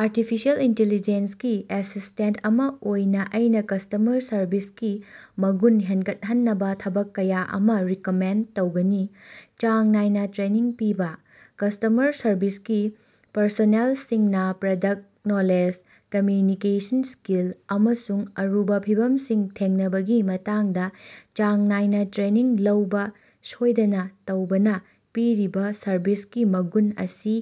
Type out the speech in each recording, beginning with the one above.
Artificial intelligence ꯒꯤ assistant ꯑꯃꯥ ꯑꯣꯏꯅ ꯑꯩꯅ ꯀꯁ꯭ꯇꯃꯔ ꯁꯔꯕꯤꯁꯀꯤ ꯃꯒꯨꯟ ꯍꯦꯟꯒꯠꯍꯟꯅꯕ ꯊꯕꯛ ꯀꯌꯥ ꯑꯃ ꯔꯤꯀꯃꯦꯟꯗ ꯇꯧꯒꯅꯤ꯫ ꯆꯥꯡ ꯅꯥꯏꯅ ꯇ꯭ꯔꯦꯅꯤꯡ ꯄꯤꯕ: ꯀꯁ꯭ꯇꯃꯔ ꯁꯔꯕꯤꯁꯀꯤ ꯄꯔꯁꯣꯅꯦꯜꯁꯤꯡꯅ ꯄ꯭ꯔꯗꯛꯇ ꯅꯣꯂꯦꯖ, ꯀꯝꯝꯌꯨꯅꯤꯀꯦꯁꯟ ꯁ꯭ꯀꯤꯜ, ꯑꯃꯁꯨꯡ ꯑꯔꯨꯕ ꯐꯤꯚꯝꯁꯤꯡ ꯊꯦꯡꯅꯕꯒꯤ ꯃꯇꯥꯡꯗ ꯆꯥꯡ ꯅꯥꯏꯅ ꯇ꯭ꯔꯦꯅꯤꯡ ꯂꯧꯕ ꯁꯣꯏꯗꯅ ꯇꯧꯕꯅ ꯄꯤꯔꯤꯕ ꯁꯔꯚꯤꯁꯀꯤ ꯃꯒꯨꯟ ꯑꯁꯤ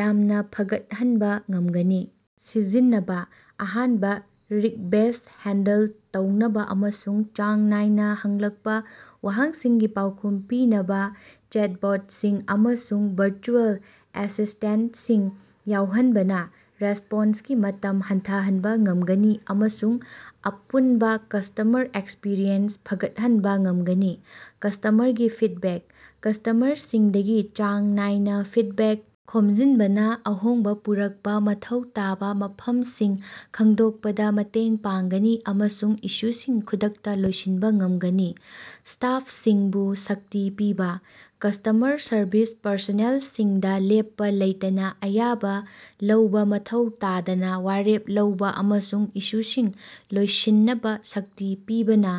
ꯌꯥꯝꯅ ꯐꯒꯠꯍꯟꯕ ꯉꯝꯒꯅꯤ꯫. ꯁꯤꯖꯤꯟꯅꯕꯥ: ꯑꯍꯥꯟꯕ ꯔꯤꯛꯕꯦꯁ꯭ꯠ ꯍꯦꯟꯗꯜ ꯇꯧꯅꯕ ꯑꯃꯁꯨꯡ ꯆꯥꯡ ꯅꯥꯏꯅ ꯍꯪꯂꯛꯄ ꯋꯥꯍꯪꯁꯤꯡꯒꯤ ꯄꯥꯎꯈꯨꯝ ꯄꯤꯅꯕ ꯆꯦꯠꯕꯣꯠꯁꯤꯡ ꯑꯃꯁꯨꯡ ꯚꯔꯆꯨꯑꯦꯜ ꯑꯦꯁꯤꯁ꯭ꯇꯦꯟꯇꯁꯤꯡ ꯌꯥꯎꯍꯟꯕꯅ ꯔꯦꯁ꯭ꯄꯣꯟꯁꯀꯤ ꯃꯇꯝ ꯍꯟꯊꯍꯟꯕ ꯉꯝꯒꯅꯤ꯫ ꯑꯃꯁꯨꯡ ꯑꯄꯨꯟꯕ ꯀꯁ꯭ꯇꯃꯔ ꯑꯦꯛꯁꯄꯔꯤꯌꯦꯟꯁ ꯐꯒꯠꯍꯟꯕ ꯉꯝꯒꯅꯤ꯫ ꯀꯁ꯭ꯇꯃꯔꯒꯤ ꯐꯤꯗꯕꯦꯛ: ꯀꯁ꯭ꯇꯃꯔꯁꯤꯡꯗꯒꯤ ꯆꯥꯡ ꯅꯥꯏꯅꯥ ꯐꯤꯗꯕꯦꯛ ꯈꯣꯝꯖꯤꯟꯕꯅ ꯑꯍꯣꯡꯕ ꯄꯨꯔꯛꯄ ꯃꯊꯧ ꯇꯥꯕ ꯃꯐꯝꯁꯤꯡ ꯈꯪꯗꯣꯛꯄꯗ ꯃꯇꯦꯡ ꯄꯥꯡꯒꯅꯤ ꯑꯃꯁꯨꯡ ꯏꯁꯨꯁꯤꯡ ꯈꯨꯗꯛꯇ ꯂꯣꯏꯁꯤꯟꯕ ꯉꯝꯒꯅꯤ꯫ ꯁ꯭ꯇꯥꯐꯁꯤꯡꯕꯨ ꯁꯛꯇꯤ ꯄꯤꯕꯥ: ꯀꯁ꯭ꯇꯃꯔ ꯁꯔꯚꯤꯁ ꯄꯔꯁꯣꯅꯦꯜꯁꯤꯡꯗ ꯂꯦꯞꯄ ꯂꯩꯇꯅ ꯑꯌꯥꯕ ꯂꯧꯕ ꯃꯊꯧ ꯇꯥꯗꯅ ꯋꯥꯔꯦꯞ ꯂꯧꯕ ꯑꯃꯁꯨꯡ ꯏꯁꯨꯁꯤꯡ ꯂꯣꯏꯁꯤꯟꯅꯕ ꯁꯛꯇꯤ ꯄꯤꯕꯅ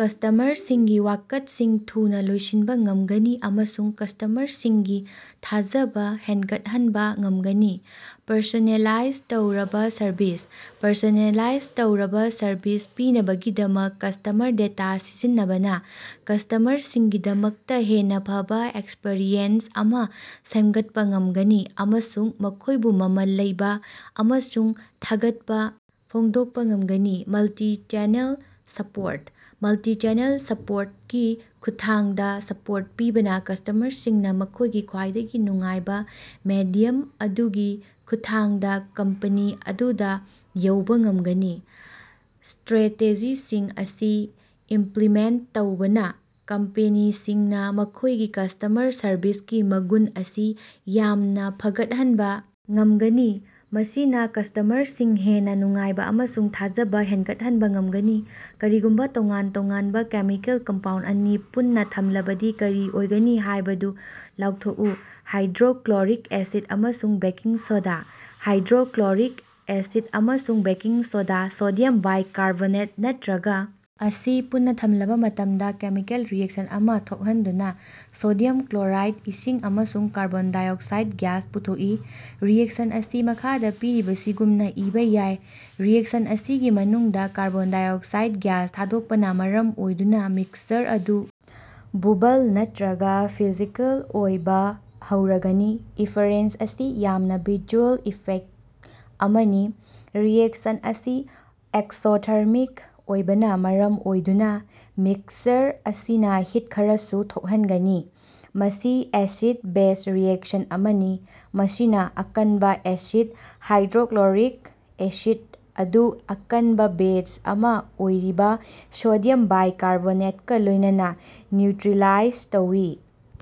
ꯀꯁ꯭ꯇꯃꯔꯁꯤꯡꯒꯤ ꯋꯥꯀꯠꯁꯤꯡ ꯊꯨꯅ ꯂꯣꯏꯁꯤꯟꯕ ꯉꯝꯒꯅꯤ ꯑꯃꯁꯨꯡ ꯀꯁ꯭ꯇꯃꯔꯁꯤꯡꯒꯤ ꯊꯥꯖꯕ ꯍꯦꯅꯒꯠꯍꯟꯕ ꯉꯝꯒꯅꯤ꯫ ꯄꯔꯁꯣꯅꯦꯂꯥꯏꯖ ꯇꯧꯔꯕ ꯁꯔꯚꯤꯁ: ꯄꯔꯁꯣꯅꯦꯂꯥꯏꯖ ꯇꯧꯔꯕ ꯁꯔꯚꯤꯁ ꯄꯤꯅꯕꯒꯤꯗꯃꯛ ꯀꯁ꯭ꯇꯃꯔ ꯗꯦꯇꯥ ꯁꯤꯖꯤꯟꯅꯕꯅ ꯀꯁ꯭ꯇꯃꯔꯁꯤꯡꯒꯤꯗꯃꯛꯇ ꯍꯦꯟꯅ ꯐꯕ ꯑꯦꯛꯁꯄꯔꯤꯌꯦꯟꯁ ꯑꯃ ꯁꯦꯝꯒꯠꯄ ꯉꯝꯒꯅꯤ꯫ ꯑꯃꯁꯨꯡ ꯃꯈꯣꯏꯕꯨ ꯃꯃꯜ ꯂꯩꯕ ꯑꯃꯁꯨꯡ ꯊꯥꯒꯠꯄ ꯐꯣꯡꯗꯣꯛꯄ ꯉꯝꯒꯅꯤ꯫ ꯃꯜꯇꯤꯆꯦꯅꯦꯜ ꯁꯄꯣꯔꯠ: ꯃꯜꯇꯤꯆꯦꯅꯦꯜ ꯁꯄꯣꯔꯠ ꯒꯤ ꯈꯨꯠꯊꯥꯡꯗꯥ ꯁꯄꯣꯔꯠ ꯄꯤꯕꯅ ꯀꯁ꯭ꯇꯃꯔꯁꯤꯡꯅ ꯃꯈꯣꯏꯅ ꯈ꯭ꯋꯥꯏꯗꯒꯤ ꯅꯨꯡꯉꯥꯏꯕ ꯃꯦꯗꯤꯌꯝ ꯑꯗꯨꯒꯤ ꯈꯨꯠꯊꯥꯡꯗ ꯀꯝꯄꯅꯤ ꯑꯗꯨꯗ ꯌꯧꯕ ꯉꯝꯒꯅꯤ꯫ ꯁ꯭ꯇꯔꯦꯇꯦꯖꯤꯁꯤꯡ ꯑꯁꯤ ꯏꯃꯞꯂꯤꯃꯦꯟꯇ ꯇꯧꯕꯅ ꯀꯝꯄꯦꯅꯤꯁꯤꯡꯅ ꯃꯈꯣꯏꯒꯤ ꯀꯁ꯭ꯇꯃꯔ ꯁꯔꯕꯤꯁꯀꯤ ꯃꯒꯨꯟ ꯑꯁꯤ ꯌꯥꯝꯅ ꯐꯒꯠꯍꯟꯕ ꯉꯝꯒꯅꯤ꯫ ꯃꯁꯤꯅ ꯀꯁ꯭ꯇꯃꯔꯁꯤꯡ ꯍꯦꯟꯅ ꯅꯨꯡꯉꯥꯏꯕ ꯑꯃꯁꯨꯡ ꯊꯥꯖꯕ ꯍꯦꯟꯒꯠꯍꯟꯕ ꯉꯝꯒꯅꯤ꯫ ꯀꯔꯤꯒꯨꯝꯕ ꯇꯣꯉꯥꯟ-ꯇꯣꯉꯥꯟꯕ ꯀꯦꯃꯤꯀꯦꯜ ꯀꯝꯄꯥꯎꯟꯗ ꯑꯅꯤ ꯄꯨꯟꯅ ꯊꯝꯂꯕꯗꯤ ꯀꯔꯤ ꯑꯣꯏꯒꯅꯤ ꯍꯥꯏꯕꯗꯨ ꯂꯥꯎꯊꯣꯛꯎ꯫ ꯍꯥꯏꯗ꯭ꯔꯣꯀ꯭ꯂꯣꯔꯤꯛ ꯑꯦꯁꯤꯗ ꯑꯃꯁꯨꯡ ꯕꯦꯀꯤꯡ ꯁꯣꯗꯥ꯫ ꯍꯥꯏꯗ꯭ꯔꯣꯀ꯭ꯂꯣꯔꯤꯛ ꯑꯦꯁꯤꯗ ꯑꯃꯁꯨꯡ ꯕꯦꯀꯤꯡ ꯁꯣꯗꯥ (ꯁꯣꯗꯤꯌꯝ ꯕꯥꯏꯀꯥꯔꯕꯣꯅꯥꯏꯠ ꯅꯠꯇ꯭ꯔꯒ) ꯑꯁꯤ ꯄꯨꯟꯅ ꯊꯝꯂꯕ ꯃꯇꯝꯗ ꯀꯦꯃꯤꯀꯦꯜ ꯔꯤꯑꯦꯛꯁꯟ ꯑꯃ ꯊꯣꯚꯍꯟꯗꯨꯅ ꯁꯣꯗꯤꯌꯝ ꯀ꯭ꯂꯣꯔꯥꯏꯗ, ꯏꯁꯤꯡ ꯑꯃꯁꯨꯡ ꯀꯥꯔꯕꯣꯟ ꯗꯥꯏꯑꯣꯛꯁꯥꯏꯗ ꯒ꯭ꯌꯥꯁ ꯄꯨꯊꯣꯛꯏ꯫ ꯔꯤꯑꯦꯛꯁꯟ ꯑꯁꯤ ꯃꯈꯥꯗ ꯄꯤꯔꯤꯕꯁꯤꯒꯨꯝꯅꯥ ꯏꯕꯥ ꯌꯥꯏ ꯔꯤꯑꯦꯛꯁꯟ ꯑꯁꯤꯒꯤ ꯃꯅꯨꯡꯗ ꯀꯥꯔꯕꯣꯟ ꯗꯥꯏꯑꯣꯛꯁꯥꯏꯗ ꯒ꯭ꯌꯥꯁ ꯊꯥꯗꯣꯛꯄꯅ ꯃꯔꯝ ꯑꯣꯏꯗꯨꯅ ꯃꯤꯛꯁꯆꯔ ꯑꯗꯨ ꯕꯨꯕꯜ ꯅꯠꯇ꯭ꯔꯒ ꯐꯤꯖꯤꯀꯦꯜ ꯑꯣꯏꯕ ꯍꯧꯔꯒꯅꯤ꯫ ꯏꯐꯔꯦꯟꯁ ꯑꯁꯤ ꯌꯥꯝꯅꯥ ꯚꯤꯖꯨꯑꯦꯜ ꯏꯐꯦꯛꯇ ꯑꯃꯅꯤ꯫ ꯔꯤꯑꯦꯛꯁꯟ ꯑꯁꯤ ꯑꯦꯛꯁꯣꯊꯔꯃꯤꯛ ꯑꯣꯏꯕꯅ ꯃꯔꯝ ꯑꯣꯏꯗꯨꯅ ꯃꯤꯛꯁꯆꯔ ꯑꯁꯤꯅ ꯍꯤꯠ ꯈꯔꯁꯨ ꯊꯣꯛꯍꯟꯒꯅꯤ꯫ ꯃꯁꯤ ꯑꯦꯁꯤꯗ-ꯕꯦꯖ ꯔꯤꯑꯦꯛꯁꯟ ꯑꯃꯅꯤ꯫ ꯃꯁꯤꯅ ꯑꯀꯟꯕ ꯑꯦꯁꯤꯗ ꯍꯥꯏꯗ꯭ꯔꯣꯛꯂꯣꯔꯤꯛ ꯑꯦꯁꯤꯗ ꯑꯗꯨ ꯑꯀꯟꯕ ꯕꯦꯖ ꯑꯃ ꯑꯣꯏꯔꯤꯕ ꯁꯣꯗꯤꯌꯝ ꯕꯥꯏꯀꯥꯔꯕꯣꯅꯦꯇꯀ ꯂꯣꯏꯅꯅ ꯅ꯭ꯌꯨꯇ꯭ꯔꯤꯂꯥꯏꯖ ꯇꯧꯏ꯫